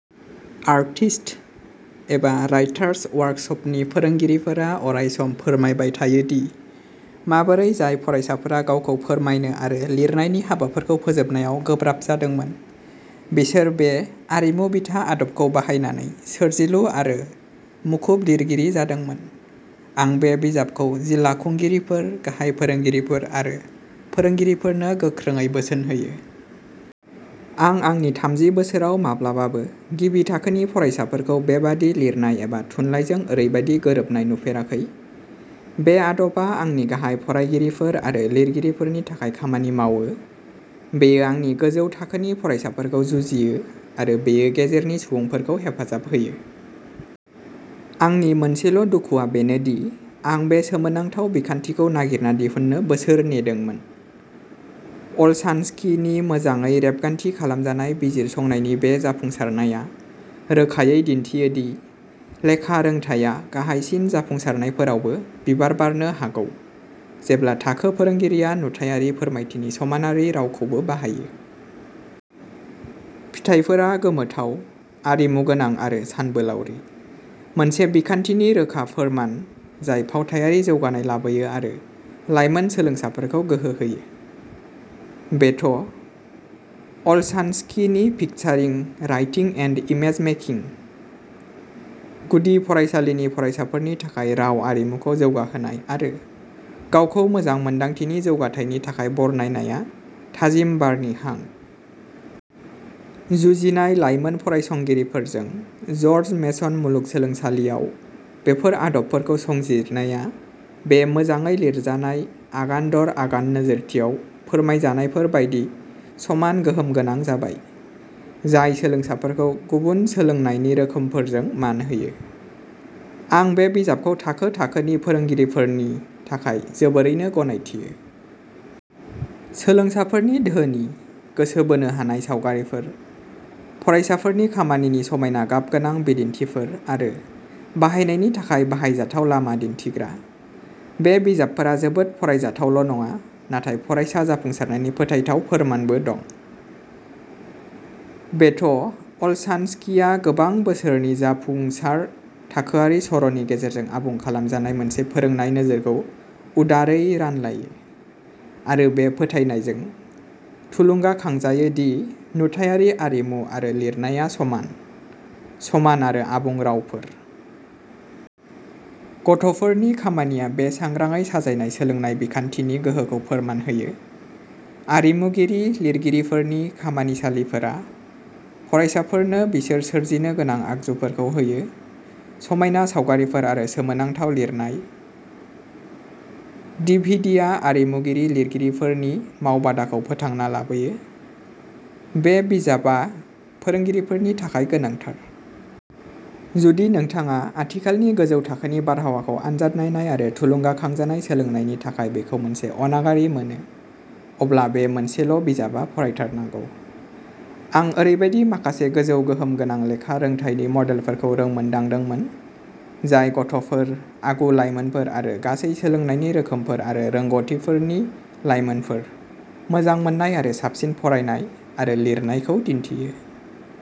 आर्टिस्ट्स/राइटर्स वर्कसपनि फोरोंगिरिफोरा अरायसम फोरमायबाय थायो दि माबोरै जाय फरायसाफोरा गावखौ फोरमायनो आरो लिरनायनि हाबाफोरखौ फोजोबनायाव गोब्राब जादोंमोन, बिसोर बे आरिमु-बिथा आदबखौ बाहायनानै सोरजिलु आरो मुखुब लिरगिरि जादोंमोन। आं बे बिजाबखौ जिल्ला खुंगिरिफोर, गाहाय फोरोंगिरिफोर आरो फोरोंगिरिफोरनो गोख्रोङै बोसोन होयो। आं आंनि थामजि बोसोराव माब्लाबाबो गिबि थाखोनि फरायसाफोरखौ बेबादि लिरनाय एबा थुनलाइजों ओरैबादि गोरोबनाय नुफेराखै। बे आदबा आंनि गाहाय फरायगिरिफोर आरो लिरगिरिफोरनि थाखाय खामानि मावो; बेयो आंनि गोजौ थाखोनि फरायसाफोरखौ जुजियो; आरो बेयो गेजेरनि सुबुंफोरखौ हेफाजाब होयो। आंनि मोनसेल'दुखुआ बेनो दि आं बे सोमोनांथाव बिखान्थिखौ नागिरना दिहुननो बोसोर नेदोंमोन! अलशानस्किनि मोजाङै रेबगान्थि खालामजानाय बिजिरसंनायनि बे जाफुंसारनाया रोखायै दिन्थियो दि लेखा रोंथाया-गाहायसिन जाफुंसारनायफोरावबो-बिबार बारनो हागौ जेब्ला थाखो फोरोंगिरिया नुथायारि फोरमायथिनि समानारि रावखौबो बाहायो। फिथायफोरा गोमोथाव, आरिमुगोनां, आरो सानबोलावरि; मोनसे बिखान्थिनि रोखा फोरमान जाय फावथायारि जौगानाय लाबोयो आरो लाइमोन सोलोंसाफोरखौ गोहो होयो! बेथ अलशानस्किनि पिकचारिं राइटिं एन्ड इमेज-मेकिं। गुदि फरायसालिनि फरायसाफोरनि थाखाय राव आरिमुखौ जौगाहोनाय आरो गावखौ मोजां मोन्दांथिनि जौगाथायनि थाखाय बरनायनाया थाजिम बारनि हां। जुजिनाय लाइमोन फरायसंगिरिफोरजों जर्ज मेसन मुलुगसोलोंसालियाव बेफोर आदबफोरखौ संजिरनाया बे मोजाङै लिरजानाय, आगान-दर-आगान नोजोरथियाव फोरमायजानायफोर बायदि समान गोहोम गोनां जाबाय, जाय सोलोंसाफोरखौ गुबुन सोलोंनायनि रोखोमफोरजों मान होयो। आं बे बिजाबखौ थाखो थाखोनि फोरोंगिरिफोरनि थाखाय जोबोरैनो गनायथियो। सोलोंसाफोरनि धोनि, गोसो बोनो हानाय सावगारिफोर, फरायसाफोरनि खामानिनि समायना गाबगोनां बिदिन्थिफोर, आरो बाहायनायनि थाखाय बाहायजाथाव लामा दिन्थिग्रा, बे बिजाबफोरा जोबोद फरायजाथावल'नङा, नाथाय फरायसा जाफुंसारनायनि फोथायथाव फोरमानबो दं। बेथ अलशानस्किआ गोबां बोसोरनि जाफुंसार थाखोआरि सर'नि गेजेरजों आबुं खालामजानाय मोनसे फोरोंनाय नोजोरखौ उदारै रानलायो, आरो बे फोथायनायजों थुलुंगाखांजायो दि नुथायारि आरिमु आरो लिरनाया'समान, समान आरो आबुं रावफोर'। गथ'फोरनि खामानिया बे सांग्राङै साजायनाय सोलोंनाय बिखान्थिनि गोहोखौ फोरमान होयो। आरिमुगिरि िरगिरिफोरनि खामानिसालिफोरा फरायसाफोरनो बिसोर सोरजिनो गोनां आगजुफोरखौ होयो। समायना सावगारिफोर आरो सोमोनांथाव लिरनाय। डिभिडिया आरिमुगिरि िरगिरिफोरनि मावबादाखौ फोथांना लाबोयो! बे बिजाबआ फोरोंगिरिफोरनि थाखाय गोनांथार। जुदि नोंथाङा आथिखालनि गोजौ थाखोनि बारहावाखौ आनजाद नायनाय आरो थुलुंगाखांजानाय सोलोंनायनि थाखाय बेखौ मोनसे अनागारि मोनो, अब्ला बे मोनसेल'बिजाबआ "फरायथारनांगौ! " आं ओरैबायदि माखासे गोजौ गोहोम गोनां लेखा रोंथायनि मडेलफोरखौ रोंमोनदांदोंमोन, जाय गथ'फोर, आगु-लाइमोनफोर आरो गासै सोलोंनायनि रोखोमफोर आरो रोंग'थिफोरनि लायमोनफोर, मोजां मोननाय आरो साबसिन फरायनाय आरो लिरनायखौ दिन्थियो।